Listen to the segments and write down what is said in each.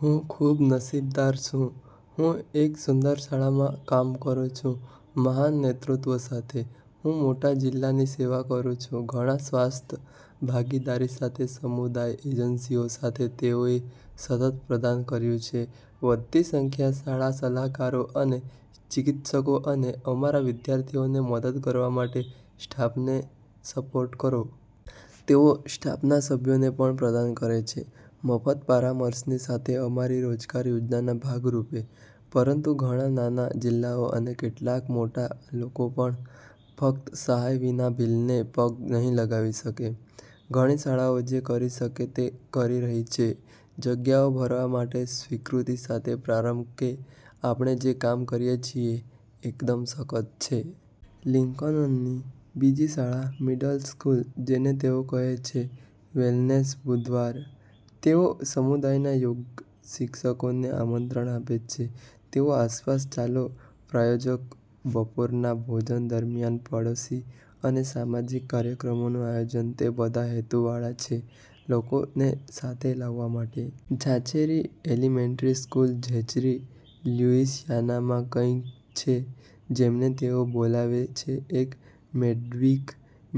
હું ખૂબ નસીબદાર છું. હું એક સુંદર શાળામાં કામ કરું છું મહાન નેતૃત્વ સાથે. હું મોટા જિલ્લાની સેવા કરું છું. ઘણા સ્વસ્થ ભાગીદારી સાથે સમુદાય એજન્સીઓ સાથે તેઓએ સતત પ્રદાન કર્યું છે. વધતી સંખ્યા શાળા સલાહકારો અને ચિકિત્સકો અને અમારા વિદ્યાર્થીઓને મદદ કરવા માટે સ્ટાફને સપોર્ટ કરો. તેઓ સ્ટાફના સભ્યોને પણ પ્રદાન કરે છે મફત પરામર્શની સાથે અમારી રોજગાર યોજનાના ભાગ રૂપે, પરંતુ ઘણા નાના જિલ્લાઓ અને કેટલાક મોટા લોકો પણ ફક્ત સહાય વિના બિલને પગ નહીં લગાવી શકે. ઘણી શાળાઓ જે કરી શકે તે કરી રહી છે જગ્યાઓ ભરવા માટે, સ્વીકૃતિ સાથે પ્રારંભ કે આપણે જે કામ કરીએ છીએ એકદમ સખત છે. લિંકનની બીજી શાળા મિડલ સ્કૂલ, જેને તેઓ કહે છે "વેલનેસ બુધવાર. " તેઓ સમુદાયના યોગ શિક્ષકોને આમંત્રણ આપે છે, તેઓ આસપાસ ચાલો પ્રાયોજક બપોરના ભોજન દરમિયાન પડોશી અને સામાજિક કાર્યક્રમોનું આયોજન તે બધા હેતુવાળા છે લોકોને સાથે લાવવા માટે. ઝાચેરી એલિમેન્ટરી સ્કૂલ ઝેચરી, લ્યુઇસિયાનામાં, કંઈક છે જેમને તેઓ બોલાવે છે એક "મિડવીક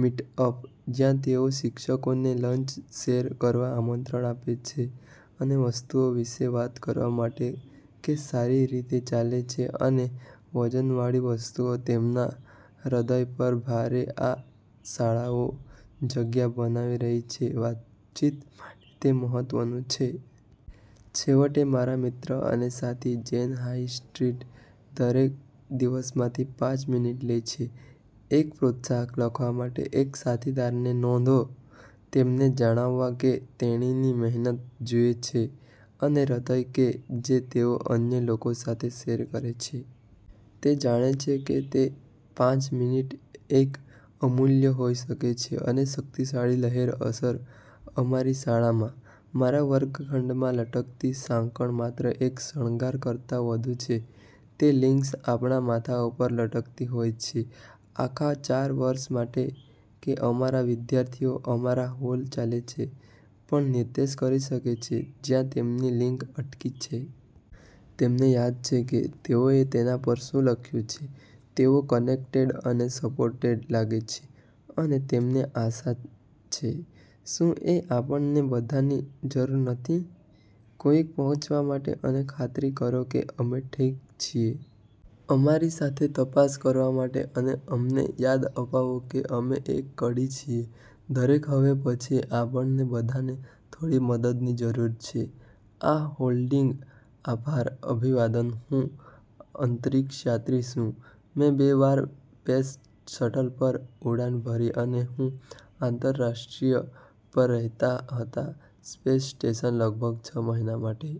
મીટઅપ," જ્યાં તેઓ શિક્ષકોને લંચ શેર કરવા આમંત્રણ આપે છે અને વસ્તુઓ વિશે વાત કરવા માટે કે સારી રીતે ચાલે છે અને વજનવાળી વસ્તુઓ તેમના હૃદય પર ભારે આ શાળાઓ જગ્યા બનાવી રહી છે વાતચીત માટે તે મહત્વનું છે. છેવટે, મારા મિત્ર અને સાથી જેન હાઇસ્ટ્રીટ દરેક દિવસમાંથી પાંચ મિનિટ લે છે, એક પ્રોત્સાહક લખવા માટે એક સાથીદારને નોંધો, તેમને જણાવવા કે તેણીની મહેનત જુએ છે અને હૃદય કે જે તેઓ અન્ય લોકો સાથે શેર કરે છે. તે જાણે છે કે તે પાંચ મિનિટ એક અમૂલ્ય હોઈ શકે છે અને શક્તિશાળી લહેર અસર અમારી શાળામાં. મારા વર્ગખંડમાં લટકતી સાંકળ માત્ર એક શણગાર કરતાં વધુ છે. તે લિંક્સ આપણા માથા ઉપર લટકતી હોય છે આખા ચાર વર્ષ માટે કે અમારા વિદ્યાર્થીઓ અમારા હોલ ચાલે છે, પણ નિર્દેશ કરી શકે છે જ્યાં તેમની લિંક અટકી છે. તેમને યાદ છે કે તેઓએ તેના પર શું લખ્યું છે. તેઓ કનેક્ટેડ અને સપોર્ટેડ લાગે છે અને તેમને આશા છે. શું એ આપણને બધાની જરૂર નથી? કોઈક પહોંચવા માટે અને ખાતરી કરો કે અમે ઠીક છીએ. અમારી સાથે તપાસ કરવા માટે અને અમને યાદ અપાવો કે અમે એક કડી છીએ. દરેક હવે પછી, આપણે બધાને થોડી મદદની જરૂર છે આ હોલ્ડિંગ. આભાર. અભિવાદન હું અંતરિક્ષયાત્રી છું. મેં બે વાર પેસ શટલ પર ઉડાન ભરી અને હું આંતરરાષ્ટ્રીય પર રહેતા હતા સ્પેસ સ્ટેશન લગભગ છ મહિના માટે.